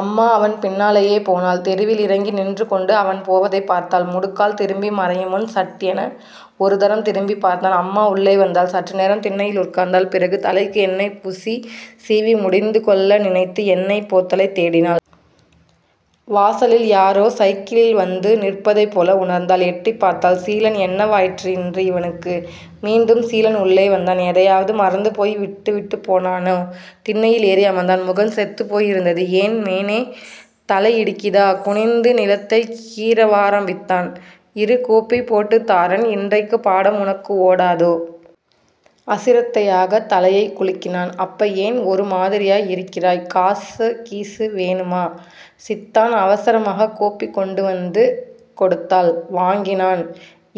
அம்மா அவன் பின்னாலேயே போனாள். தெருவில் இறங்கி நின்றுகொண்டு அவன் போவதைப் பார்த்தாள் முடுக்கால் திரும்பி மறையுமுன் சட் என ஒருதரம் திரும்பிப் பார்த்தான். அம்மா உள்ளே வந்தாள். சற்று நேரம் திண்ணையில் உட்கார்ந்தாள். பிறகு தலைக்கு எண்ணெய் பூசி சீவி முடிந்துகொள்ள நினைத்து எண்ணெய்ப் போத்தலைத் தேடினாள். வாசலில் யாரோ சைக்கிளில் வந்து நிற்பதைப் போல உணர்ந்தாள். எட்டிப்பார்த்தாள். சீலன் என்னவாயிற்று இன்று இவனுக்கு? மீண்டும் சீலன் உள்ளே வந்தான். எதையாவது மறந்து போய் விட்டுவிட்டுப் போனானோ? திண்ணையில் ஏறி அமர்ந்தான். முகம் செத்துப்போய் இருந்தது. ஏன் மேனே தலையிடிக்குதோ குனிந்துநிலத்தை கீறவாரம்பித்தான். இரு கோப்பி போட்டுத் தாறன் இண்டைக்குப் பாடம் உனக்கு ஓடாதோ? அசிரத்தையாகத் தலையைக் குலுக்கினான். அப்ப ஏன் ஒரு மாதிரியாய் இருக்கிறாய்? காசு கீசு ஏதாவது வேணுமோ? சித்தான் அவசரமாகக் கோப்பி கொண்டு வந்து கொடுத்தாள். வாங்கினான்.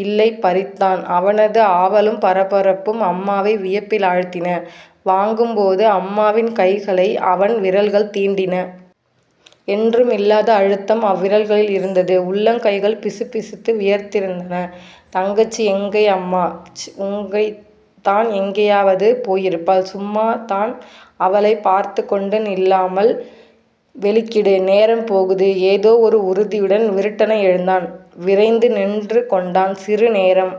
இல்லை பறித்தான் அவனது ஆவலும் பரபரப்பும் அம்மாவை வியப்பிலாழ்த்தின. வாங்கும் போது அம்மாவின் கைகளை அவன் விரல்கள் தீண்டின. என்றுமில்லாத அழுத்தம் அவ்விரல்களில் இருந்தது. உள்ளங்கைகள் பிசுபிசுத்து வியர்த்திருந்தன. தங்கச்சி எங்கை அம்மா......? ப்ச்... உங்கை தான் எங்கையாவது போயிருப்பாள் சும்மா தான் அவளைப் பார்த்துக் கொண்டு நில்லாமல் வெளிக்கிடு.... நேரம் போகுது..... ஏதோ ஒரு உறுதியுடன் விருட்டென எழுந்தான். விறைந்து நின்று கொண்டான். சிறு நேரம்.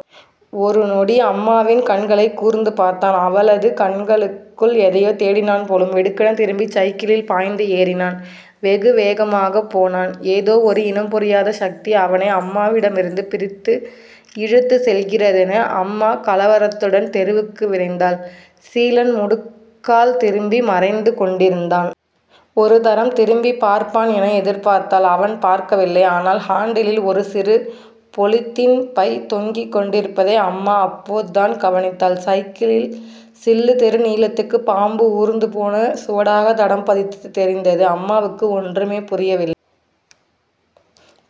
ஒரு நொடி அம்மாவின் கண்களைக் கூர்ந்து பார்த்தான். அவளது கண்களுக்குள் எதையோ தேடினான் போலும்! வெடுக்கெனத் திரும்பிச் சைக்களில் பாய்ந்து ஏறினான். வெகுவேகமாகப் போனான். ஏதோ ஒரு இனம்புரியாத சக்தி அவனை அம்மாவிடமிருந்து பிரித்து இழுத்துச் செல்கிறதென.... அம்மா கலவரத்துடன் தெருவுக்கு விரைந்தாள். சீலன் முடுக்கால் திரும்பி மறைந்து கொண்டிருந்தான். ஒரு தரம் திரும்பிப் பார்ப்பான் என எதிர்பார்த்தாள். அவன் பார்க்கவில்லை. ஆனால் ஹாண்டிலில் ஒரு சிறு பொலித்தீன் பை தொங்கிக் கொண்டிருப்பதை அம்மா அப்போதுதான் கவனித்தாள். சைக்கிள் சில்லு தெரு நீளத்துக்கு பாம்பு ஊர்ந்து போன சுவடாகத் தடம் பதித்துத் தெரிந்தது. அம்மாவுக்கு ஒன்றுமே புரியவில்.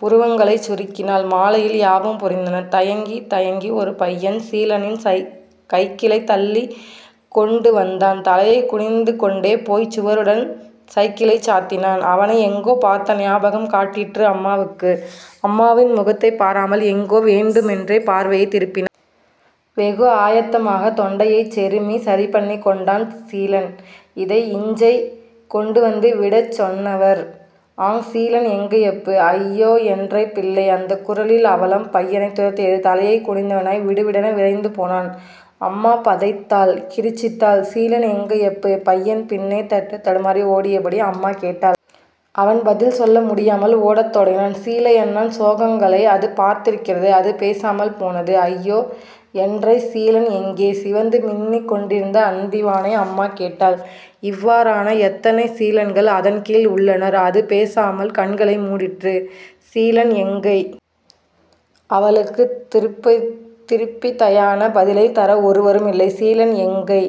புருவங்களைச் சுருக்கினாள். மாலையில் யாவும் புரிந்தன. தயங்கித் தயங்கி ஒரு பையன் சீலனின் கைக்கிளைத் தள்ளிக் கொண்டு வந்தான். தலையைக் குனிந்து கொண்டே போய்ச் சுவருடன் சைக்கிளைச் சாத்தினான். அவனை எங்கோ பார்த்த ஞாபகம் காட்டிற்று அம்மாவுக்கு. அம்மாவின் முகத்தைப் பாராமல் எங்கோ வேண்டுமென்றே பார்வையைத் திருப்பினா. வெகு ஆயத்தமாக தொண்டையைச் செருமிச் சரிபண்ணிக் கொண்டான். சீலன்.... இதை... இஞ்சை கொண்டு வந்து விடச் சொன்னவர்...ஆங் சீலன் எங்கையப்பு...ஐயோஎன்ரை பிள்ளை... அந்தக் குரலின் அவலம் பையனைத் துரத்தியது. தலையைத் குனிந்தவனாய் விடுவிடென விரைந்து போனான். அம்மா பதைத்தாள் கிரிச்சிட்டாள். சீலன் எங்கையப்பு....பையன் பின்னே தட்டுத்தடுமாறி ஓடியபடி அம்மா கேட்டாள். அவன் பதில் சொல்ல முடியாமல் ஓடத் தொடங்கினான். சீலன்னையான் சோகங்களை அது பார்த்திருக்கிறது அது பேசாமல் போனது. ஐயோ, என்ரை சீலன் எங்கே..சிவந்து மின்னிக் கொண்டிருந்த அந்திவானை அம்மா கேட்டாள். இவ்வாறான எத்தனை சீலன்கள் அதன் கீழ் உள்ளனர். அது பேசாமல் கண்களை மூடிற்று. சீலன் எங்கை? அவளுக்குத் திருப்பிதயான பதிலைத் தர ஒருவரும் இல்லை. சீலன் எங்கை?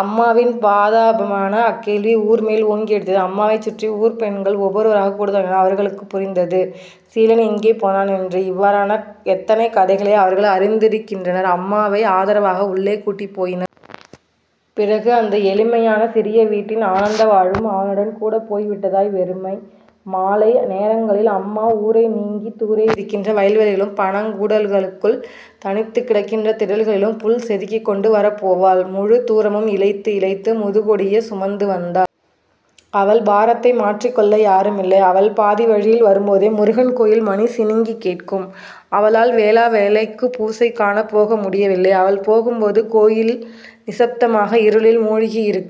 அம்மாவின் பாதாபமான அக்கேள்வி ஊர் மேல் ஓங்கி அடித்தது. அம்மாவைச் சுற்றி ஊர்ப்பெண்கள் ஒவ்வொருவராகக் கூடத் தொடங்கினார்கள். அவளுக்குப் புரிந்தது சீலன் எங்கே போனான் என்று இவ்வாறான எத்தனை கதைகளை அவர்கள் அறிந்திருக்கின்றனர். அம்மாவை ஆதரவாக உள்ளே கூட்டிப்போயினர். பிறகு, அந்த எளிமையான சிறிய வீட்டின் ஆனந்தவாழ்வும் அவனுடன் கூடப் போய்விட்டதாய்.... வெறுமை மாலை நேரங்களில் அம்மா ஊரை நீங்கித் தூரே இருக்கின்ற வயல்வெளிகளிலும் பனங்கூடல்களுக்குள் தனித்துக் கிடக்கின்ற திடல்களிலும் புல் செதுக்கிக் கொண்டு வரப் போவாள். முழுத் தூரமும் இளைத்து, இளைத்து முதுகொடியச் சுமந்து வந்தா. அவள் பாரத்தை மாற்றிக்கொள்ள யாருமில்லை. அவள் பாதி வழியில் வரும்போதே முருகன் கோயில் மணி சிணுங்கிக் கேட்கும். அவளால் வேளா வேளைக்கு பூசை காணப்போக முடியவில்லை. அவள் போகும்போது கோயில் நிசப்தமாக இருளில் மூழ்கி இருக்கும்.